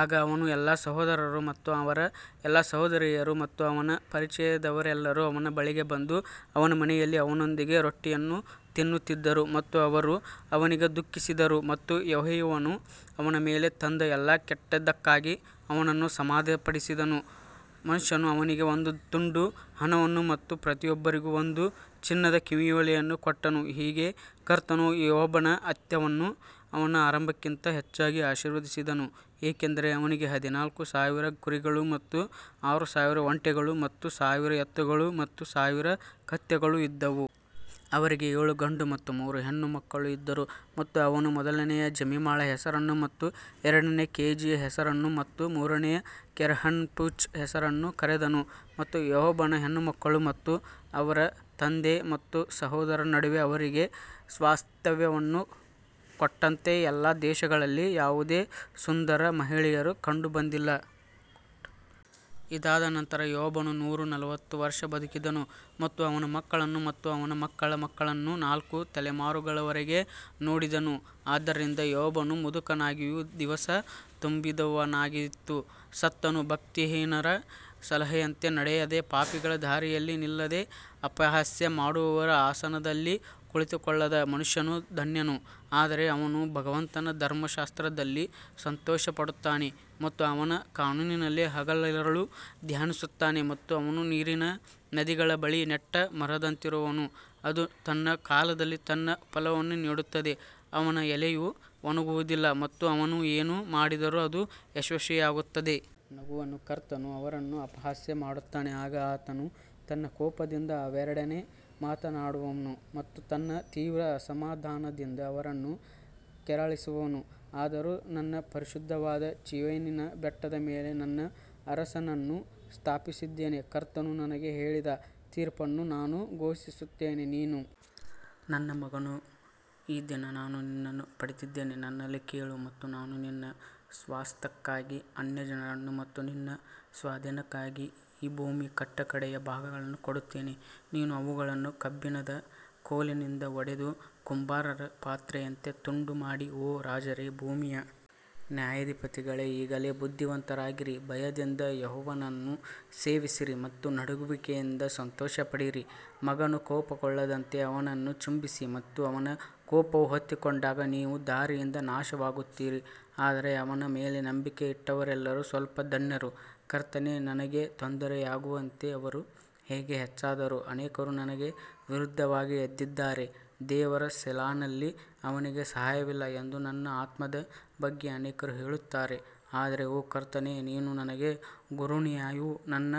ಆಗ ಅವನ ಎಲ್ಲಾ ಸಹೋದರರು ಮತ್ತು ಅವರ ಎಲ್ಲಾ ಸಹೋದರಿಯರು ಮತ್ತು ಅವನ ಪರಿಚಯದವರೆಲ್ಲರೂ ಅವನ ಬಳಿಗೆ ಬಂದು ಅವನ ಮನೆಯಲ್ಲಿ ಅವನೊಂದಿಗೆ ರೊಟ್ಟಿಯನ್ನು ತಿನ್ನುತ್ತಿದ್ದರು ಮತ್ತು ಅವರು ಅವನಿಗೆ ದುಃಖಿಸಿದರು ಮತ್ತು ಯೆಹೋವನು ಅವನ ಮೇಲೆ ತಂದ ಎಲ್ಲಾ ಕೆಟ್ಟದ್ದಕ್ಕಾಗಿ ಅವನನ್ನು ಸಮಾಧಾನಪಡಿಸಿದರು. ಮನುಷ್ಯನು ಅವನಿಗೆ ಒಂದು ತುಂಡು ಹಣವನ್ನು ಮತ್ತು ಪ್ರತಿಯೊಬ್ಬರಿಗೂ ಒಂದು ಚಿನ್ನದ ಕಿವಿಯೋಲೆಯನ್ನು ಕೊಟ್ಟನು ಹೀಗೆ ಕರ್ತನು ಯೋಬನ ಅಂತ್ಯವನ್ನು ಅವನ ಆರಂಭಕ್ಕಿಂತ ಹೆಚ್ಚಾಗಿ ಆಶೀರ್ವದಿಸಿದನು, ಏಕೆಂದರೆ ಅವನಿಗೆ ಹದಿನಾಲ್ಕು ಸಾವಿರ ಕುರಿಗಳು ಮತ್ತು ಆರು ಸಾವಿರ ಒಂಟೆಗಳು ಮತ್ತು ಸಾವಿರ ಎತ್ತುಗಳು ಮತ್ತು ಸಾವಿರ ಕತ್ತೆಗಳು ಇದ್ದವು. ಅವರಿಗೆ ಏಳು ಗಂಡು ಮತ್ತು ಮೂರು ಹೆಣ್ಣು ಮಕ್ಕಳೂ ಇದ್ದರು ಮತ್ತು ಅವನು ಮೊದಲನೆಯ ಜೆಮಿಮಾಳ ಹೆಸರನ್ನು ಮತ್ತು ಎರಡನೆಯ ಕೆಜಿಯ ಹೆಸರನ್ನು ಮತ್ತು ಮೂರನೆಯ ಕೆರೆನ್ಹಪ್ಪುಚ್ ಹೆಸರನ್ನು ಕರೆದನು. ಮತ್ತು ಯೋಬನ ಹೆಣ್ಣುಮಕ್ಕಳು ಮತ್ತು ಅವರ ತಂದೆ ಮತ್ತು ತಮ್ಮ ಸಹೋದರರ ನಡುವೆ ಅವರಿಗೆ ಸ್ವಾಸ್ತ್ಯವನ್ನು ಕೊಟ್ಟಂತೆ ಎಲ್ಲಾ ದೇಶಗಳಲ್ಲಿ ಯಾವುದೇ ಸುಂದರ ಮಹಿಳೆಯರು ಕಂಡುಬಂದಿಲ್ಲ. ಇದಾದ ನಂತರ ಯೋಬನು ನೂರ ನಲವತ್ತು ವರ್ಷ ಬದುಕಿದನು ಮತ್ತು ಅವನ ಮಕ್ಕಳನ್ನು ಮತ್ತು ಅವನ ಮಕ್ಕಳ ಮಕ್ಕಳನ್ನು ನಾಲ್ಕು ತಲೆಮಾರುಗಳವರೆಗೆ ನೋಡಿದನು ಆದ್ದರಿಂದ ಯೋಬನು ಮುದುಕನಾಗಿಯೂ ದಿವಸ ತುಂಬಿದವನಾಗಿಯೂ ಸತ್ತನು ಭಕ್ತಿಹೀನರ ಸಲಹೆಯಂತೆ ನಡೆಯದೆ, ಪಾಪಿಗಳ ದಾರಿಯಲ್ಲಿ ನಿಲ್ಲದೆ, ಅಪಹಾಸ್ಯ ಮಾಡುವವರ ಆಸನದಲ್ಲಿ ಕುಳಿತುಕೊಳ್ಳದ ಮನುಷ್ಯನು ಧನ್ಯನು ಆದರೆ ಅವನು ಭಗವಂತನ ಧರ್ಮಶಾಸ್ತ್ರದಲ್ಲಿ ಸಂತೋಷಪಡುತ್ತಾನೆ ಮತ್ತು ಅವನ ಕಾನೂನಿನಲ್ಲಿ ಹಗಲಿರುಳು ಧ್ಯಾನಿಸುತ್ತಾನೆ ಮತ್ತು ಅವನು ನೀರಿನ ನದಿಗಳ ಬಳಿ ನೆಟ್ಟ ಮರದಂತಿರುವನು, ಅದು ತನ್ನ ಕಾಲದಲ್ಲಿ ತನ್ನ ಫಲವನ್ನು ನೀಡುತ್ತದೆ, ಅವನ ಎಲೆಯು ಒಣಗುವುದಿಲ್ಲ ಮತ್ತು ಅವನು ಏನು ಮಾಡಿದರೂ ಅದು ಯಶಸ್ವಿಯಾಗುತ್ತದೆ. ನಗುವನು ಕರ್ತನು ಅವರನ್ನು ಅಪಹಾಸ್ಯ ಮಾಡುತ್ತಾನೆ ಆಗ ಆತನು ತನ್ನ ಕೋಪದಿಂದ ಅವರೊಡನೆ ಮಾತನಾಡುವನು ಮತ್ತು ತನ್ನ ತೀವ್ರ ಅಸಮಾಧಾನದಿಂದ ಅವರನ್ನು ಕೆರಳಿಸುವನು ಆದರೂ ನನ್ನ ಪರಿಶುದ್ಧವಾದ ಚೀಯೋನಿನ ಬೆಟ್ಟದ ಮೇಲೆ ನನ್ನ ಅರಸನನ್ನು ಸ್ಥಾಪಿಸಿದ್ದೇನೆ ಕರ್ತನು ನನಗೆ ಹೇಳಿದ ತೀರ್ಪನ್ನು ನಾನು ಘೋಷಿಸುತ್ತೇನೆ, ನೀನು ನನ್ನ ಮಗನು ಈ ದಿನ ನಾನು ನಿನ್ನನ್ನು ಪಡೆದಿದ್ದೇನೆ ನನ್ನಲ್ಲಿ ಕೇಳು ಮತ್ತು ನಾನು ನಿನ್ನ ಸ್ವಾಸ್ತ್ಯಕ್ಕಾಗಿ ಅನ್ಯಜನರನ್ನು ಮತ್ತು ನಿನ್ನ ಸ್ವಾಧೀನಕ್ಕಾಗಿ ಭೂಮಿಯ ಕಟ್ಟಕಡೆಯ ಭಾಗಗಳನ್ನು ಕೊಡುತ್ತೇನೆ ನೀನು ಅವುಗಳನ್ನು ಕಬ್ಬಿಣದ ಕೋಲಿನಿಂದ ಒಡೆದು ಕುಂಬಾರರ ಪಾತ್ರೆಯಂತೆ ತುಂಡು ಮಾಡಿ ಓ ರಾಜರೇ, ಭೂಮಿಯ ನ್ಯಾಯಾಧಿಪತಿಗಳೇ, ಈಗಲೇ ಬುದ್ಧಿವಂತರಾಗಿರಿ ಭಯದಿಂದ ಯೆಹೋವನನ್ನು ಸೇವಿಸಿರಿ ಮತ್ತು ನಡುಗುವಿಕೆಯಿಂದ ಸಂತೋಷಪಡಿರಿ ಮಗನು ಕೋಪಗೊಳ್ಳದಂತೆ ಅವನನ್ನು ಚುಂಬಿಸಿ ಮತ್ತು ಅವನ ಕೋಪವು ಹೊತ್ತಿಕೊಂಡಾಗ ನೀವು ದಾರಿಯಿಂದ ನಾಶವಾಗುತ್ತೀರಿ ಆದರೆ ಅವನ ಮೇಲೆ ನಂಬಿಕೆ ಇಟ್ಟವರೆಲ್ಲರೂ ಸ್ವಲ್ಪ ಧನ್ಯರು ಕರ್ತನೇ, ನನಗೆ ತೊಂದರೆಯಾಗುವಂತೆ ಅವರು ಹೇಗೆ ಹೆಚ್ಚಾದರು, ಅನೇಕರು ನನಗೆ ವಿರುದ್ಧವಾಗಿ ಎದ್ದಿದ್ದಾರೆ ದೇವರ ಸೆಲಾನಲ್ಲಿ ಅವನಿಗೆ ಸಹಾಯವಿಲ್ಲ ಎಂದು ನನ್ನ ಆತ್ಮದ ಬಗ್ಗೆ ಅನೇಕರು ಹೇಳುತ್ತಾರೆ ಆದರೆ ಓ ಕರ್ತನೇ ನೀನು ನನಗೆ ಗುರಾಣಿಯೂ ನನ್ನ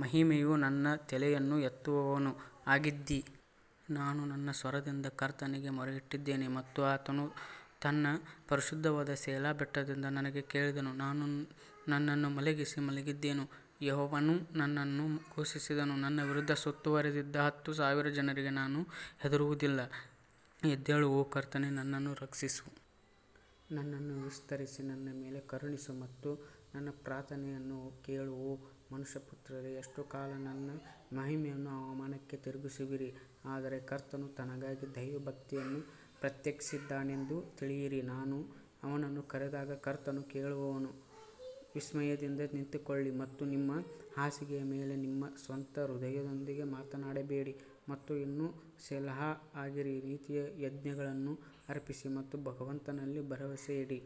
ಮಹಿಮೆಯೂ ನನ್ನ ತಲೆಯನ್ನು ಎತ್ತುವವನೂ ಆಗಿದ್ದೀ. ನಾನು ನನ್ನ ಸ್ವರದಿಂದ ಕರ್ತನಿಗೆ ಮೊರೆಯಿಟ್ಟಿದ್ದೇನೆ ಮತ್ತು ಆತನು ತನ್ನ ಪರಿಶುದ್ಧವಾದ ಸೆಲಾ ಬೆಟ್ಟದಿಂದ ನನಗೆ ಕೇಳಿದನು ನಾನು ನನ್ನನ್ನು ಮಲಗಿಸಿ ಮಲಗಿದೆನು, ಯೆಹೋವನು ನನ್ನನ್ನು ಪೋಷಿಸಿದನು ನನ್ನ ವಿರುದ್ಧ ಸುತ್ತುವರಿದ ಹತ್ತು ಸಾವಿರ ಜನರಿಗೆ ನಾನು ಹೆದರುವುದಿಲ್ಲ ಎದ್ದೇಳು ಓ ಕರ್ತನೇ ನನ್ನನ್ನು ರಕ್ಷಿಸು ನನ್ನನ್ನು ವಿಸ್ತರಿಸಿ ನನ್ನ ಮೇಲೆ ಕರುಣಿಸು ಮತ್ತು ನನ್ನ ಪ್ರಾರ್ಥನೆಯನ್ನು ಕೇಳು ಓ ಮನುಷ್ಯಪುತ್ರರೇ, ಎಷ್ಟು ಕಾಲ ನನ್ನ ಮಹಿಮೆಯನ್ನು ಅವಮಾನಕ್ಕೆ ತಿರುಗಿಸುವಿರಿ ಆದರೆ ಕರ್ತನು ತನಗಾಗಿ ದೈವಭಕ್ತಿಯನ್ನು ಪ್ರತ್ಯೇಕಿಸಿದ್ದಾನೆಂದು ತಿಳಿಯಿರಿ, ನಾನು ಅವನನ್ನು ಕರೆದಾಗ ಕರ್ತನು ಕೇಳುವನು ವಿಸ್ಮಯದಿಂದ ನಿಂತುಕೊಳ್ಳಿ ಮತ್ತು ನಿಮ್ಮ ಹಾಸಿಗೆಯ ಮೇಲೆ ನಿಮ್ಮ ಸ್ವಂತ ಹೃದಯದೊಂದಿಗೆ ಮಾತನಾಡಬೇಡಿ ಮತ್ತು ಇನ್ನೂ ಸೆಲಾಹ್ ಆಗಿರಿ ನೀತಿಯ ಯಜ್ಞಗಳನ್ನು ಅರ್ಪಿಸಿ ಮತ್ತು ಭಗವಂತನಲ್ಲಿ ಭರವಸೆಯಿಡಿ.